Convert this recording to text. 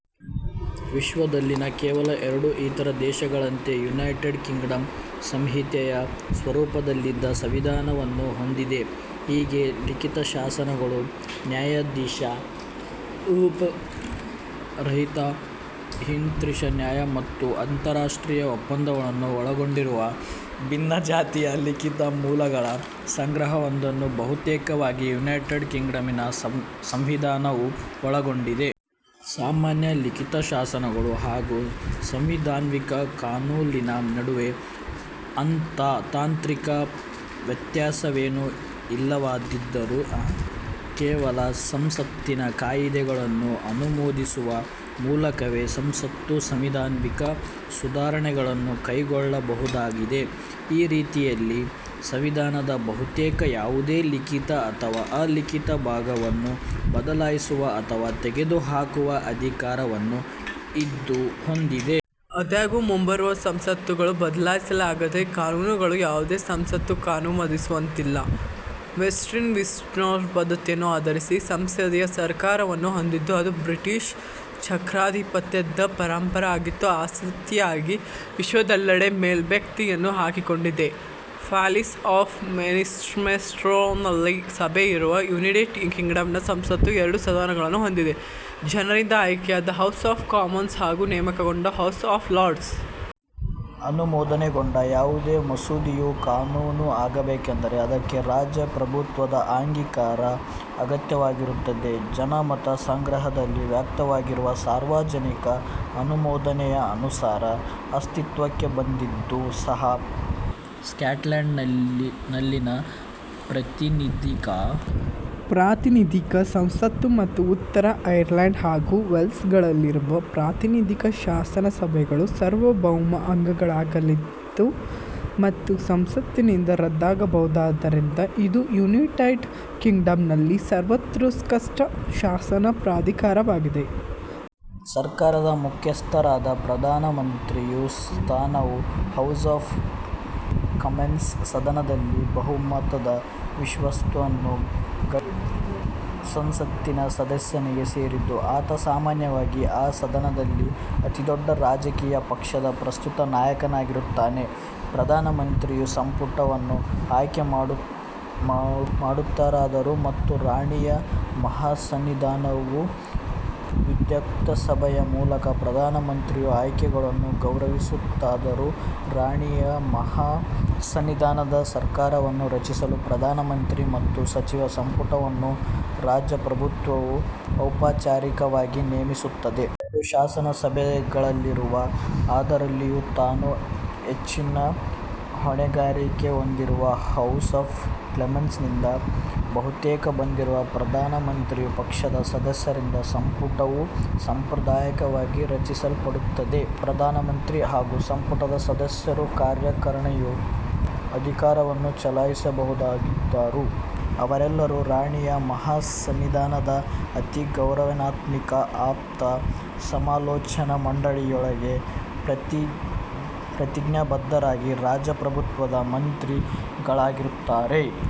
ವಿಶ್ವದಲ್ಲಿನ ಕೇವಲ ಎರಡು ಇತರ ದೇಶಗಳಂತೆ ಯುನೈಟೆಡ್ ಕಿಂಗ್ಡಂ ಸಂಹಿತೆಯ ಸ್ವರೂಪದ್ದಲ್ಲದ ಸಂವಿಧಾನ ವನ್ನು ಹೊಂದಿದೆ. ಹೀಗೆ, ಲಿಖಿತ ಶಾಸನ ಗಳು, ನ್ಯಾಯಾಧೀಶ ರೂಪಿತ ಹಿಂತೀರ್ಪು ನ್ಯಾಯ ಮತ್ತು ಅಂತರರಾಷ್ಟ್ರೀಯ ಒಪ್ಪಂದಗಳನ್ನು ಒಳಗೊಂಡಿರುವ ಭಿನ್ನಜಾತಿಯ ಲಿಖಿತ ಮೂಲಗಳ ಸಂಗ್ರಹವೊಂದನ್ನು ಬಹುತೇಕವಾಗಿ ಯುನೈಟೆಡ್ ಕಿಂಗ್ಡಂನ ಸಂವಿಧಾನ ವು ಒಳಗೊಂಡಿದೆ. ಸಾಮಾನ್ಯ ಲಿಖಿತ ಶಾಸನಗಳು ಹಾಗೂ "ಸಾಂವಿಧಾನಿಕ ಕಾನೂನಿನ" ನಡುವೆ ಅಂಥಾ ತಾಂತ್ರಿಕ ವ್ಯತ್ಯಾಸವೇನೂ ಇಲ್ಲವಾದ್ದರಿಂದ, ಕೇವಲ ಸಂಸತ್ತಿನ ಕಾಯಿದೆ ಗಳನ್ನು ಅನುಮೋದಿಸುವ ಮೂಲಕವೇ ಸಂಸತ್ತು ಸಾಂವಿಧಾನಿಕ ಸುಧಾರಣೆಗಳನ್ನು ಕೈಗೊಳ್ಳಬಲ್ಲುದಾಗಿದೆ. ಈ ರೀತಿಯಲ್ಲಿ, ಸಂವಿಧಾನದ ಬಹುತೇಕ ಯಾವುದೇ ಲಿಖಿತ ಅಥವಾ ಅಲಿಖಿತ ಭಾಗವನ್ನು ಬದಲಾಯಿಸುವ ಅಥವಾ ತೆಗೆದುಹಾಕುವ ಅಧಿಕಾರ ವನ್ನು ಇದು ಹೊಂದಿದೆ. ಆದಾಗ್ಯೂ, ಮುಂಬರುವ ಸಂಸತ್ತುಗಳು ಬದಲಿಸಲಾಗದ ಕಾನೂನುಗಳನ್ನು ಯಾವುದೇ ಸಂಸತ್ತು ಅನುಮೋದಿಸುವಂತಿಲ್ಲ. ವೆಸ್ಟ್ಮಿನಿಸ್ಟರ್ ಪದ್ಧತಿ ಯನ್ನು ಆಧರಿಸಿದ ಸಂಸದೀಯ ಸರ್ಕಾರ ವನ್ನು ಹೊಂದಿದ್ದು ಅದು ಬ್ರಿಟಿಷ್ ಚಕ್ರಾಧಿಪತ್ಯ ದ ಪರಂಪರಾಗತ ಆಸ್ತಿಯಾಗಿ ವಿಶ್ವದೆಲ್ಲೆಡೆ ಮೇಲ್ಪಂಕ್ತಿಯನ್ನು ಹಾಕಿಕೊಟ್ಟಿದೆ. ಪ್ಯಾಲೇಸ್ ಆಫ್ ವೆಸ್ಟ್ಮಿನಿಸ್ಟರ್ ನಲ್ಲಿ ಸಭೆ ಸೇರುವ ಯುನೈಟೆಡ್ ಕಿಂಗ್ಡಂನ ಸಂಸತ್ತು ಎರಡು ಸದನಗಳನ್ನು ಹೊಂದಿದೆ: ಜನರಿಂದ ಆಯ್ಕೆಯಾದ ಹೌಸ್ ಆಫ್ ಕಾಮನ್ಸ್ ಹಾಗೂ ನೇಮಕಗೊಂಡ ಹೌಸ್ ಆಫ್ ಲಾರ್ಡ್ಸ್. ಅನುಮೋದನೆಗೊಂಡ ಯಾವುದೇ ಮಸೂದೆಯು ಕಾನೂನು ಆಗಬೇಕೆಂದರೆ ಅದಕ್ಕೆ ರಾಜ ಪ್ರಭುತ್ವದ ಅಂಗೀಕಾರ ಅಗತ್ಯವಾಗಿರುತ್ತದೆ. ಜನಮತ ಸಂಗ್ರಹ ದಲ್ಲಿ ವ್ಯಕ್ತವಾಗಿರುವ ಸಾರ್ವಜನಿಕ ಅನುಮೋದನೆಯ ಅನುಸಾರ ಅಸ್ತಿತ್ವಕ್ಕೆ ಬಂದಿದ್ದರೂ ಸಹ, ಸ್ಕಾಟ್ಲೆಂಡ್ ನಲ್ಲಿನ ಪ್ರಾತಿನಿಧಿಕ ಸಂಸತ್ತು ಮತ್ತು ಉತ್ತರ ಐರ್ಲೆಂಡ್ ಹಾಗೂ ವೇಲ್ಸ್ ಗಳಲ್ಲಿರುವ ಪ್ರಾತಿನಿಧಿಕ ಶಾಸನ ಸಭೆಗಳು ಸಾರ್ವಭೌಮ ಅಂಗಗಳಾಗಿಲ್ಲವಾದ್ದರಿಂದ ಮತ್ತು ಸಂಸತ್ತಿನಿಂದ ರದ್ದಾಗಬಹುದಾದ್ದರಿಂದ ಇದು ಯುನೈಟೆಡ್ ಕಿಂಗ್ಡಂನಲ್ಲಿನ ಸರ್ವೋತ್ಕೃಷ್ಟ ಶಾಸನ ಪ್ರಾಧಿಕಾರವಾಗಿದೆ. ಸರ್ಕಾರದ ಮುಖ್ಯಸ್ಥ ರಾದ ಪ್ರಧಾನ ಮಂತ್ರಿ ಯ ಸ್ಥಾನವು ಹೌಸ್ ಆಫ್ ಕಾಮನ್ಸ್ ಸದನದಲ್ಲಿ ಬಹುಮತದ ವಿಶ್ವಾಸವನ್ನು ಗಳಿಸಬಲ್ಲ ಸಂಸತ್ತಿನ ಸದಸ್ಯನಿಗೆ ಸೇರಿದ್ದು, ಆತ ಸಾಮಾನ್ಯವಾಗಿ ಆ ಸದನದಲ್ಲಿನ ಅತಿದೊಡ್ಡ ರಾಜಕೀಯ ಪಕ್ಷದ ಪ್ರಸಕ್ತ ನಾಯಕನಾಗಿರುತ್ತಾನೆ. ಪ್ರಧಾನ ಮಂತ್ರಿಯು ಸಂಪುಟವನ್ನು ಆಯ್ಕೆ ಮಾಡುತ್ತಾರಾದರೂ, ಮತ್ತು ರಾಣಿಯ ಮಹಾಸನ್ನಿಧಾನವು ವಿಧ್ಯುಕ್ತ ಸಭೆಯ ಮೂಲಕ ಪ್ರಧಾನ ಮಂತ್ರಿಯ ಆಯ್ಕೆಗಳನ್ನು ಗೌರವಿಸುತ್ತಾದಾದರೂ ರಾಣಿಯ ಮಹಾ ಸನ್ನಿಧಾನದ ಸರ್ಕಾರ ವನ್ನು ರಚಿಸಲು ಪ್ರಧಾನ ಮಂತ್ರಿ ಮತ್ತು ಸಚಿವ ಸಂಪುಟವನ್ನು ರಾಜ ಪ್ರಭುತ್ವವು ಔಪಚಾರಿಕವಾಗಿ ನೇಮಿಸುತ್ತದೆ. ಎರಡೂ ಶಾಸನ ಸಭೆಗಳಲ್ಲಿರುವ, ಅದರಲ್ಲೂ ತಾವು ಹೆಚ್ಚಿನ ಹೊಣೆಗಾರಿಕೆ ಹೊಂದಿರುವ ಹೌಸ್ ಆಫ್ ಕಾಮನ್ಸ್ನಿಂದ ಬಹುತೇಕ ಬಂದಿರುವ ಪ್ರಧಾನ ಮಂತ್ರಿಯ ಪಕ್ಷದ ಸದಸ್ಯರಿಂದ ಸಂಪುಟ ವು ಸಾಂಪ್ರದಾಯಿಕವಾಗಿ ರಚಿಸಲ್ಪಡುತ್ತದೆ. ಪ್ರಧಾನ ಮಂತ್ರಿ ಹಾಗೂ ಸಂಪುಟದ ಸದಸ್ಯರು ಕಾರ್ಯಕಾರಿಣಿಯ ಅಧಿಕಾರವನ್ನು ಚಲಾಯಿಸಬಲ್ಲವರಾಗಿದ್ದು, ಅವರೆಲ್ಲರೂ ರಾಣಿಯ ಮಹಾ ಸನ್ನಿಧಾನದ ಅತಿ ಗೌರವಾನ್ವಿತ ಆಪ್ತ ಸಮಾಲೋಚನಾ ಮಂಡಳಿ ಯೊಳಗೆ ಪ್ರತಿಜ್ಞಾಬದ್ಧರಾಗಿ, ರಾಜ ಪ್ರಭುತ್ವದ ಮಂತ್ರಿ ಗಳಾಗುತ್ತಾರೆ.